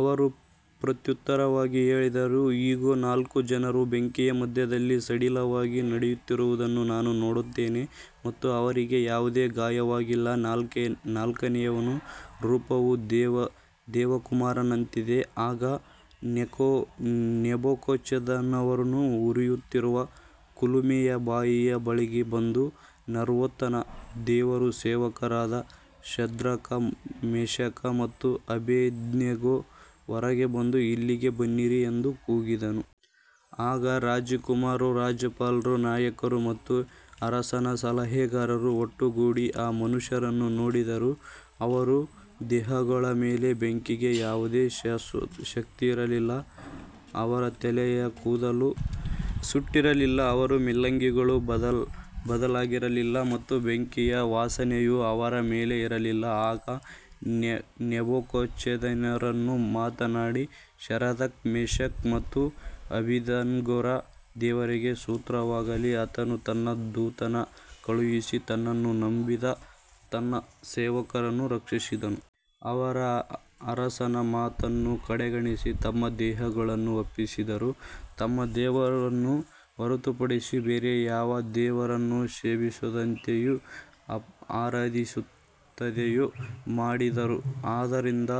ಅವರು ಪ್ರತ್ಯುತ್ತರವಾಗಿ ಹೇಳಿದರು, ಇಗೋ, ನಾಲ್ಕು ಜನರು ಬೆಂಕಿಯ ಮಧ್ಯದಲ್ಲಿ ಸಡಿಲವಾಗಿ ನಡೆಯುತ್ತಿರುವುದನ್ನು ನಾನು ನೋಡುತ್ತೇನೆ ಮತ್ತು ಅವರಿಗೆ ಯಾವುದೇ ಗಾಯವಾಗಿಲ್ಲ, ನಾಲ್ಕನೆಯವನ ರೂಪವು ದೇವಕುಮಾರನಂತಿದೆ. ಆಗ ನೆಬೂಕದ್ನೆಚ್ಚರನು ಉರಿಯುತ್ತಿರುವ ಕುಲುಮೆಯ ಬಾಯಿಯ ಬಳಿಗೆ ಬಂದು, ಸರ್ವೋನ್ನತ ದೇವರ ಸೇವಕರಾದ ಶದ್ರಕ್, ಮೇಷಕ್ ಮತ್ತು ಅಬೇದ್ನೆಗೋ, ಹೊರಗೆ ಬಂದು ಇಲ್ಲಿಗೆ ಬನ್ನಿರಿ ಎಂದು ಕೂಗಿದನು. ಆಗ ರಾಜಕುಮಾರರು, ರಾಜ್ಯಪಾಲರು, ನಾಯಕರು ಮತ್ತು ಅರಸನ ಸಲಹೆಗಾರರು ಒಟ್ಟುಗೂಡಿ ಆ ಮನುಷ್ಯರನ್ನು ನೋಡಿದರು. ಅವರ ದೇಹಗಳ ಮೇಲೆ ಬೆಂಕಿಗೆ ಯಾವುದೇ ಶಕ್ತಿಯಿರಲಿಲ್ಲ, ಅವರ ತಲೆಯ ಕೂದಲು ಸುಟ್ಟಿರಲಿಲ್ಲ, ಅವರ ಮೇಲಂಗಿಗಳು ಬದಲಾಗಿರಲಿಲ್ಲ ಮತ್ತು ಬೆಂಕಿಯ ವಾಸನೆಯೂ ಅವರ ಮೇಲೆ ಇರಲಿಲ್ಲ. ಆಗ ನೆಬೂಕದ್ನೆಚ್ಚರನು ಮಾತನಾಡಿ, ಶದ್ರಕ್, ಮೇಷಕ್ ಮತ್ತು ಅಬೇದ್ನೆಗೋರ ದೇವರಿಗೆ ಸ್ತೋತ್ರವಾಗಲಿ, ಆತನು ತನ್ನ ದೂತನನ್ನು ಕಳುಹಿಸಿ ತನ್ನನ್ನು ನಂಬಿದ ತನ್ನ ಸೇವಕರನ್ನು ರಕ್ಷಿಸಿದನು. ಅವರು ಅರಸನ ಮಾತನ್ನು ಕಡೆಗಣಿಸಿ ತಮ್ಮ ದೇಹಗಳನ್ನು ಒಪ್ಪಿಸಿದರು, ತಮ್ಮ ದೇವರನ್ನು ಹೊರತುಪಡಿಸಿ ಬೇರೆ ಯಾವ ದೇವರನ್ನೂ ಸೇವಿಸದಂತೆಯೂ ಆರಾಧಿಸದಂತೆಯೂ ಮಾಡಿದರು. ಆದ್ದರಿಂದ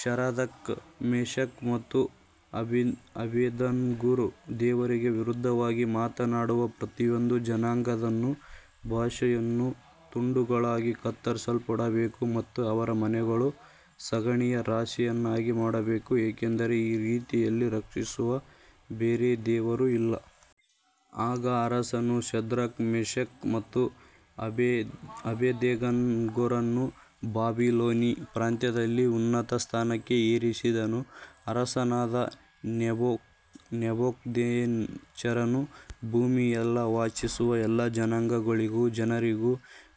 ಶದ್ರಕ್, ಮೇಷಕ್ ಮತ್ತು ಅಬೇದ್ನೆಗೋರ ದೇವರಿಗೆ ವಿರುದ್ಧವಾಗಿ ಮಾತನಾಡುವ ಪ್ರತಿಯೊಂದು ಜನಾಂಗದವನೂ ಭಾಷೆಯವನೂ ತುಂಡುಗಳಾಗಿ ಕತ್ತರಿಸಲ್ಪಡಬೇಕು ಮತ್ತು ಅವರ ಮನೆಗಳನ್ನು ಸಗಣಿಯ ರಾಶಿಯನ್ನಾಗಿ ಮಾಡಬೇಕು, ಏಕೆಂದರೆ ಈ ರೀತಿಯಲ್ಲಿ ರಕ್ಷಿಸುವ ಬೇರೆ ದೇವರು ಇಲ್ಲ. ಆಗ ಅರಸನು ಶದ್ರಕ್, ಮೇಷಕ್ ಮತ್ತು ಅಬೇದ್ನೆಗೋರನ್ನು ಬಾಬಿಲೋನಿನ ಪ್ರಾಂತ್ಯದಲ್ಲಿ ಉನ್ನತ ಸ್ಥಾನಕ್ಕೆ ಏರಿಸಿದನು. ಅರಸನಾದ ನೆಬೂಕದ್ನೆಚ್ಚರನು ಭೂಮಿಯಲ್ಲೆಲ್ಲಾ ವಾಸಿಸುವ ಎಲ್ಲಾ ಜನಾಂಗಗಳಿಗೂ ಜನರಿಗೂ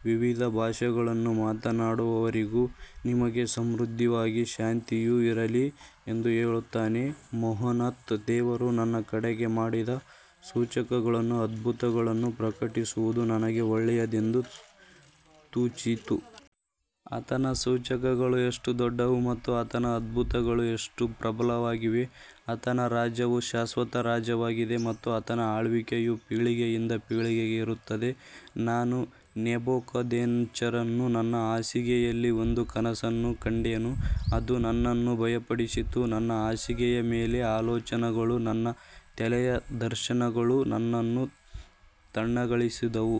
ವಿವಿಧ ಭಾಷೆಗಳನ್ನು ಮಾತನಾಡುವವರಿಗೂ, ನಿಮಗೆ ಸಮೃದ್ಧಿಯಾದ ಶಾಂತಿಯು ಇರಲಿ ಎಂದು ಹೇಳುತ್ತಾನೆ. ಮಹೋನ್ನತ ದೇವರು ನನ್ನ ಕಡೆಗೆ ಮಾಡಿದ ಸೂಚಕಗಳನ್ನೂ ಅದ್ಭುತಗಳನ್ನೂ ಪ್ರಕಟಿಸುವುದು ನನಗೆ ಒಳ್ಳೆಯದೆಂದು ತೋಚಿತು. ಆತನ ಸೂಚಕಗಳು ಎಷ್ಟು ದೊಡ್ಡವು ಮತ್ತು ಆತನ ಅದ್ಭುತಗಳು ಎಷ್ಟು ಪ್ರಬಲವಾಗಿವೆ. ಆತನ ರಾಜ್ಯವು ಶಾಶ್ವತ ರಾಜ್ಯವಾಗಿದೆ ಮತ್ತು ಆತನ ಆಳ್ವಿಕೆಯು ಪೀಳಿಗೆಯಿಂದ ಪೀಳಿಗೆಗೆ ಇರುತ್ತದೆ. ನಾನು ನೆಬೂಕದ್ನೆಚ್ಚರನು ನನ್ನ ಹಾಸಿಗೆಯಲ್ಲಿ ಒಂದು ಕನಸನ್ನು ಕಂಡೆನು, ಅದು ನನ್ನನ್ನು ಭಯಪಡಿಸಿತು. ನನ್ನ ಹಾಸಿಗೆಯ ಮೇಲಿನ ಆಲೋಚನೆಗಳೂ ನನ್ನ ತಲೆಯ ದರ್ಶನಗಳೂ ನನ್ನನ್ನು ತಲ್ಲಣಗೊಳಿಸಿದವು.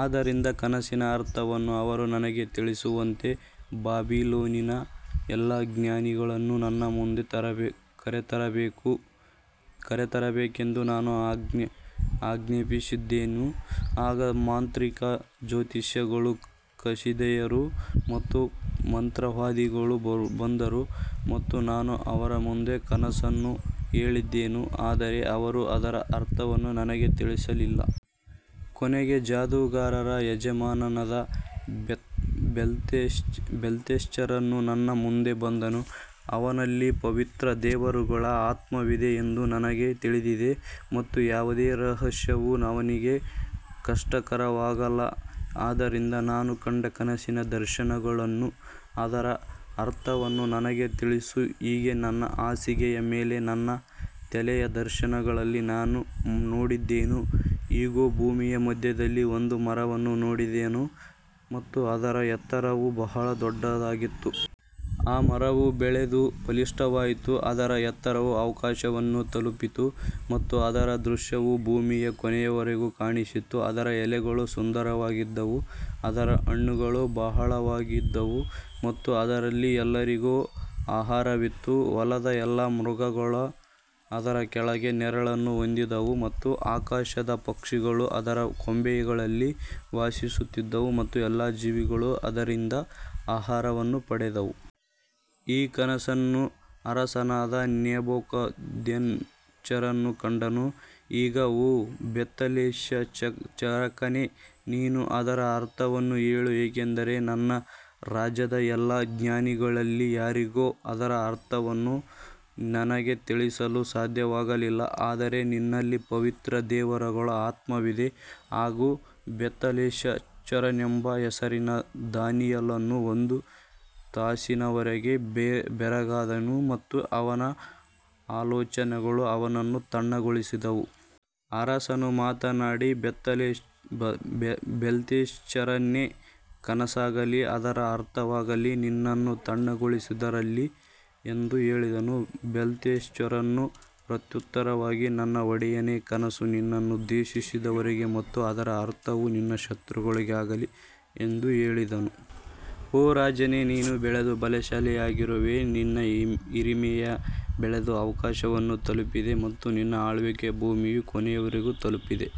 ಆದ್ದರಿಂದ ಕನಸಿನ ಅರ್ಥವನ್ನು ಅವರು ನನಗೆ ತಿಳಿಸುವಂತೆ ಬಾಬಿಲೋನಿನ ಎಲ್ಲಾ ಜ್ಞಾನಿಗಳನ್ನು ನನ್ನ ಮುಂದೆ ಕರೆತರಬೇಕೆಂದು ನಾನು ಆಜ್ಞಾಪಿಸಿದೆನು. ಆಗ ಮಾಂತ್ರಿಕರು, ಜ್ಯೋತಿಷಿಗಳು, ಕಸ್ದೀಯರು ಮತ್ತು ಮಂತ್ರವಾದಿಗಳು ಬಂದರು ಮತ್ತು ನಾನು ಅವರ ಮುಂದೆ ಕನಸನ್ನು ಹೇಳಿದೆನು, ಆದರೆ ಅವರು ಅದರ ಅರ್ಥವನ್ನು ನನಗೆ ತಿಳಿಸಲಿಲ್ಲ. ಕೊನೆಗೆ ಜಾದೂಗಾರರ ಯಜಮಾನನಾದ ಬೆಲ್ತೆಶಚ್ಚರನು ನನ್ನ ಮುಂದೆ ಬಂದನು. ಅವನಲ್ಲಿ ಪವಿತ್ರ ದೇವರುಗಳ ಆತ್ಮವಿದೆ ಎಂದು ನನಗೆ ತಿಳಿದಿದೆ ಮತ್ತು ಯಾವುದೇ ರಹಸ್ಯವೂ ಅವನಿಗೆ ಕಷ್ಟಕರವಲ್ಲ. ಆದ್ದರಿಂದ ನಾನು ಕಂಡ ಕನಸಿನ ದರ್ಶನಗಳನ್ನೂ ಅದರ ಅರ್ಥವನ್ನೂ ನನಗೆ ತಿಳಿಸು. ಹೀಗೆ ನನ್ನ ಹಾಸಿಗೆಯ ಮೇಲೆ ನನ್ನ ತಲೆಯ ದರ್ಶನಗಳಲ್ಲಿ ನಾನು ನೋಡಿದೆನು, ಇಗೋ, ಭೂಮಿಯ ಮಧ್ಯದಲ್ಲಿ ಒಂದು ಮರವನ್ನು ನೋಡಿದೆನು ಮತ್ತು ಅದರ ಎತ್ತರವು ಬಹಳ ದೊಡ್ಡದಾಗಿತ್ತು. ಆ ಮರವು ಬೆಳೆದು ಬಲಿಷ್ಠವಾಯಿತು, ಅದರ ಎತ್ತರವು ಆಕಾಶವನ್ನು ತಲುಪಿತು ಮತ್ತು ಅದರ ದೃಶ್ಯವು ಭೂಮಿಯ ಕೊನೆಯವರೆಗೂ ಕಾಣಿಸಿತು. ಅದರ ಎಲೆಗಳು ಸುಂದರವಾಗಿದ್ದವು, ಅದರ ಹಣ್ಣುಗಳು ಬಹಳವಾಗಿದ್ದವು ಮತ್ತು ಅದರಲ್ಲಿ ಎಲ್ಲರಿಗೂ ಆಹಾರವಿತ್ತು. ಹೊಲದ ಎಲ್ಲಾ ಮೃಗಗಳು ಅದರ ಕೆಳಗೆ ನೆರಳನ್ನು ಹೊಂದಿದ್ದವು ಮತ್ತು ಆಕಾಶದ ಪಕ್ಷಿಗಳು ಅದರ ಕೊಂಬೆಗಳಲ್ಲಿ ವಾಸಿಸುತ್ತಿದ್ದವು ಮತ್ತು ಎಲ್ಲಾ ಜೀವಿಗಳು ಅದರಿಂದ ಆಹಾರವನ್ನು ಪಡೆದವು. ಈ ಕನಸನ್ನು ಅರಸನಾದ ನೆಬೂಕದ್ನೆಚ್ಚರನು ಕಂಡನು. ಈಗ ಓ ಬೆಲ್ತೆಶಚ್ಚರನೇ, ನೀನು ಅದರ ಅರ್ಥವನ್ನು ಹೇಳು, ಏಕೆಂದರೆ ನನ್ನ ರಾಜ್ಯದ ಎಲ್ಲಾ ಜ್ಞಾನಿಗಳಲ್ಲಿ ಯಾರಿಗೂ ಅದರ ಅರ್ಥವನ್ನು ನನಗೆ ತಿಳಿಸಲು ಸಾಧ್ಯವಾಗಲಿಲ್ಲ. ಆದರೆ ನಿನ್ನಲ್ಲಿ ಪವಿತ್ರ ದೇವರುಗಳ ಆತ್ಮವಿದೆ. ಆಗ ಬೆಲ್ತೆಶಚ್ಚರನೆಂಬ ಹೆಸರಿನ ದಾನಿಯೇಲನು ಒಂದು ತಾಸಿನವರೆಗೆ ಬೆರಗಾದನು ಮತ್ತು ಅವನ ಆಲೋಚನೆಗಳು ಅವನನ್ನು ತಲ್ಲಣಗೊಳಿಸಿದವು. ಅರಸನು ಮಾತನಾಡಿ, ಬೆಲ್ತೆಶಚ್ಚರನೇ, ಕನಸಾಗಲಿ ಅದರ ಅರ್ಥವಾಗಲಿ ನಿನ್ನನ್ನು ತಲ್ಲಣಗೊಳಿಸದಿರಲಿ ಎಂದು ಹೇಳಿದನು. ಬೆಲ್ತೆಶಚ್ಚರನು ಪ್ರತ್ಯುತ್ತರವಾಗಿ, ನನ್ನ ಒಡೆಯನೇ, ಕನಸು ನಿನ್ನನ್ನು ದ್ವೇಷಿಸುವವರಿಗೆ ಮತ್ತು ಅದರ ಅರ್ಥವು ನಿನ್ನ ಶತ್ರುಗಳಿಗೆ ಆಗಲಿ ಎಂದು ಹೇಳಿದನು. ಓ ರಾಜನೇ, ನೀನು ಬೆಳೆದು ಬಲಶಾಲಿಯಾಗಿರುವೆ, ನಿನ್ನ ಹಿರಿಮೆ ಬೆಳೆದು ಆಕಾಶವನ್ನು ತಲುಪಿದೆ ಮತ್ತು ನಿನ್ನ ಆಳ್ವಿಕೆಯು ಭೂಮಿಯ ಕೊನೆಯವರೆಗೂ ತಲುಪಿದೆ.